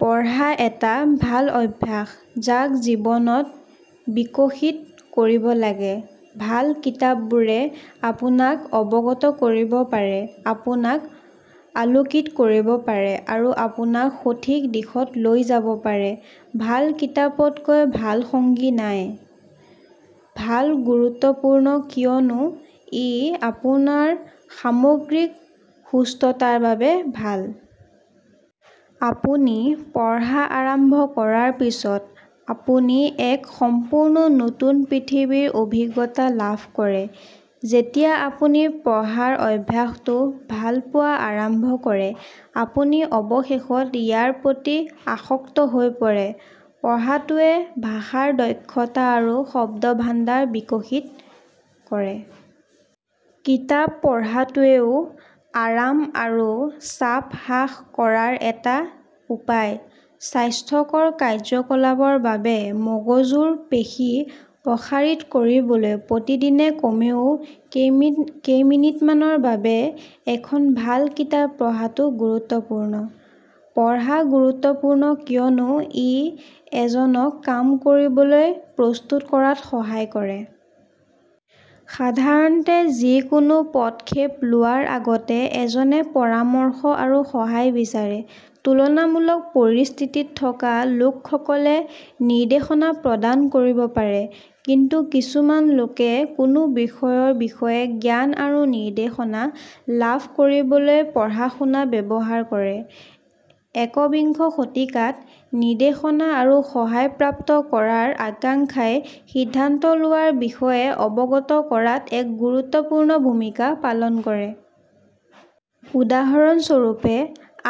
পঢ়া এটা ভাল অভ্যাস যাক জীৱনত বিকশিত কৰিব লাগে। ভাল কিতাপবোৰে আপোনাক অৱগত কৰিব পাৰে, আপোনাক আলোকিত কৰিব পাৰে আৰু আপোনাক সঠিক দিশত লৈ যাব পাৰে। ভাল কিতাপতকৈ ভাল সংগী নাই। পঢ়া গুৰুত্বপূৰ্ণ কিয়নো ই আপোনাৰ সামগ্ৰিক সুস্থতাৰ বাবে ভাল। আপুনি পঢ়া আৰম্ভ কৰাৰ পিছত, আপুনি এক সম্পূৰ্ণ নতুন পৃথিৱীৰ অভিজ্ঞতা লাভ কৰে। যেতিয়া আপুনি পঢ়াৰ অভ্যাসটো ভাল পোৱা আৰম্ভ কৰে আপুনি অৱশেষত ইয়াৰ প্ৰতি আসক্ত হৈ পৰে। পঢ়াটোৱে ভাষাৰ দক্ষতা আৰু শব্দভাণ্ডাৰ বিকশিত কৰে। কিতাপ পঢ়াটোও আৰাম আৰু চাপ হ্ৰাস কৰাৰ এটা উপায়। স্বাস্থ্যকৰ কাৰ্যকলাপৰ বাবে মগজুৰ পেশী প্ৰসাৰিত কৰিবলৈ প্ৰতিদিনে কমেও কেইমিনিটমানৰ বাবে এখন ভাল কিতাপ পঢ়াটো গুৰুত্বপূৰ্ণ। পঢ়া গুৰুত্বপূৰ্ণ কিয়নো ই এজনক কাম কৰিবলৈ প্ৰস্তুত কৰাত সহায় কৰে। সাধাৰণতে, যিকোনো পদক্ষেপ লোৱাৰ আগতে, এজনে পৰামৰ্শ আৰু সহায় বিচাৰে। তুলনামূলক পৰিস্থিতিত থকা লোকসকলে নিৰ্দেশনা প্ৰদান কৰিব পাৰে। কিন্তু কিছুমান লোকে কোনো বিষয়ৰ বিষয়ে জ্ঞান আৰু নিৰ্দেশনা লাভ কৰিবলৈ পঢ়া-শুনা ব্যৱহাৰ কৰে। একবিংশ শতিকাত, নিৰ্দেশনা আৰু সহায় প্ৰাপ্ত কৰাৰ আকাংক্ষাই সিদ্ধান্ত লোৱাৰ বিষয়ে অৱগত কৰাত এক গুৰুত্বপূৰ্ণ ভূমিকা পালন কৰে। উদাহৰণ স্বৰূপে,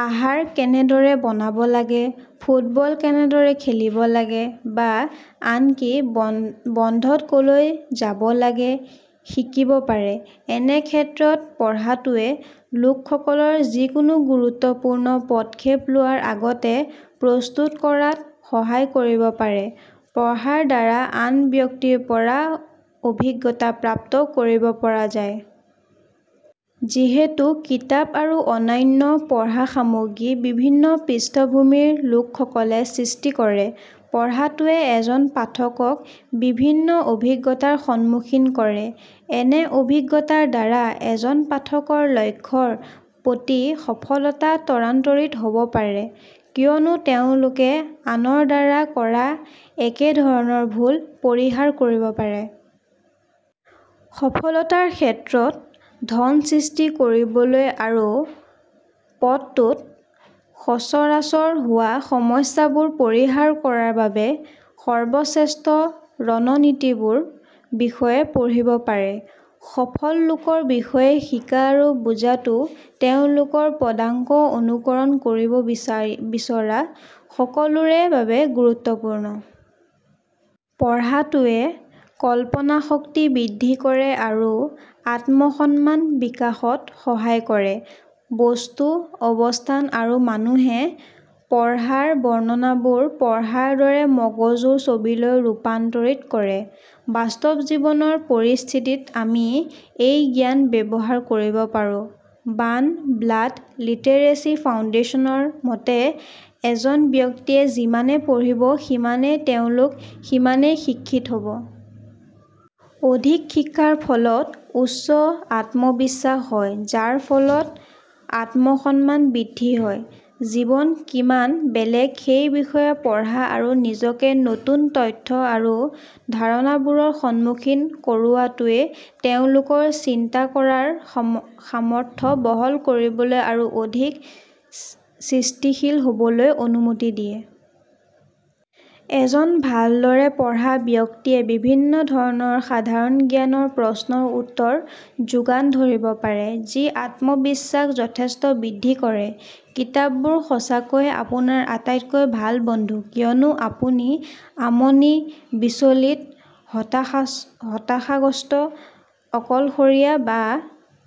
আহাৰ কেনেদৰে বনাব লাগে, ফুটবল কেনেদৰে খেলিব লাগে, বা আনকি বন্ধত ক'লৈ যাব লাগে শিকিব পাৰে। এনে ক্ষেত্ৰত, পঢ়াটোৱে লোকসকলক যিকোনো গুৰুত্বপূৰ্ণ পদক্ষেপ লোৱাৰ আগতে প্ৰস্তুত কৰাত সহায় কৰিব পাৰে। পঢ়াৰ দ্বাৰা আন ব্যক্তিৰ পৰা অভিজ্ঞতা প্ৰাপ্ত কৰিব পৰা যায়। যিহেতু কিতাপ আৰু অন্যান্য পঢ়া সামগ্ৰী বিভিন্ন পৃষ্ঠভূমিৰ লোকসকলে সৃষ্টি কৰে, পঢ়াটোৱে এজন পাঠকক বিভিন্ন অভিজ্ঞতাৰ সন্মুখীন কৰে। এনে অভিজ্ঞতাৰ দ্বাৰা এজন পাঠকৰ লক্ষ্যৰ প্ৰতি সফলতা ত্বৰান্বিত হ'ব পাৰে কিয়নো তেওঁলোকে আনৰ দ্বাৰা কৰা একে ধৰণৰ ভুল পৰিহাৰ কৰিব পাৰে। সফলতাৰ ক্ষেত্ৰত, ধন সৃষ্টি কৰিবলৈ আৰু পথটোত সচৰাচৰ হোৱা সমস্যাবোৰ পৰিহাৰ কৰাৰ বাবে সৰ্বশ্ৰেষ্ঠ ৰণনীতিবোৰৰ বিষয়ে পঢ়িব পাৰে। সফল লোকৰ বিষয়ে শিকা আৰু বুজা টো তেওঁলোকৰ পদাংক অনুসৰণ কৰিব বিচৰা সকলোৰে বাবে গুৰুত্বপূৰ্ণ। পঢ়াটোৱে কল্পনাশক্তি বৃদ্ধি কৰে আৰু আত্ম-সন্মান বিকাশত সহায় কৰে। বস্তু, অৱস্থান আৰু মানুহে পঢ়া ৰ বৰ্ণনাবোৰ পঢ়াৰ দৰে মগজুৰ ছবিলৈ ৰূপান্তৰিত হয়। বাস্তৱ জীৱনৰ পৰিস্থিতিত, আমি এই জ্ঞান ব্যৱহাৰ কৰিব পাৰোঁ। ৱান ৱৰ্ল্ড লিটাৰেচি ফাউণ্ডেচন ৰ মতে, এজন ব্যক্তিয়ে যিমানে পঢ়িব সিমানে তেওঁলোক সিমানেই শিক্ষিত হ'ব। অধিক শিক্ষাৰ ফলত উচ্চ আত্মবিশ্বাস হয়, যাৰ ফলত আত্মসন্মান বৃদ্ধি হয়। জীৱন কিমান বেলেগ সেই বিষয়ে পঢ়া আৰু নিজকে নতুন তথ্য আৰু ধাৰণাবোৰৰ সন্মুখীন কৰাটোৱে তেওঁলোকৰ চিন্তাকৰাৰ সামৰ্থ্য বহল কৰিবলৈ আৰু অধিক সৃষ্টিশীল হ'বলৈ অনুমতি দিয়ে। এজন ভালদৰে পঢ়া ব্যক্তিয়ে বিভিন্ন ধৰণৰ সাধাৰণ জ্ঞানৰ প্ৰশ্নৰ উত্তৰ যোগান ধৰিব পাৰে, যি আত্মবিশ্বাস যথেষ্ট বৃদ্ধি কৰে। কিতাপবোৰ সঁচাকৈয়ে আপোনাৰ আটাইতকৈ ভাল বন্ধু কিয়নো আপুনি আমনি, বিচলিত, হতাশাগ্ৰস্ত, অকলশৰীয়া বা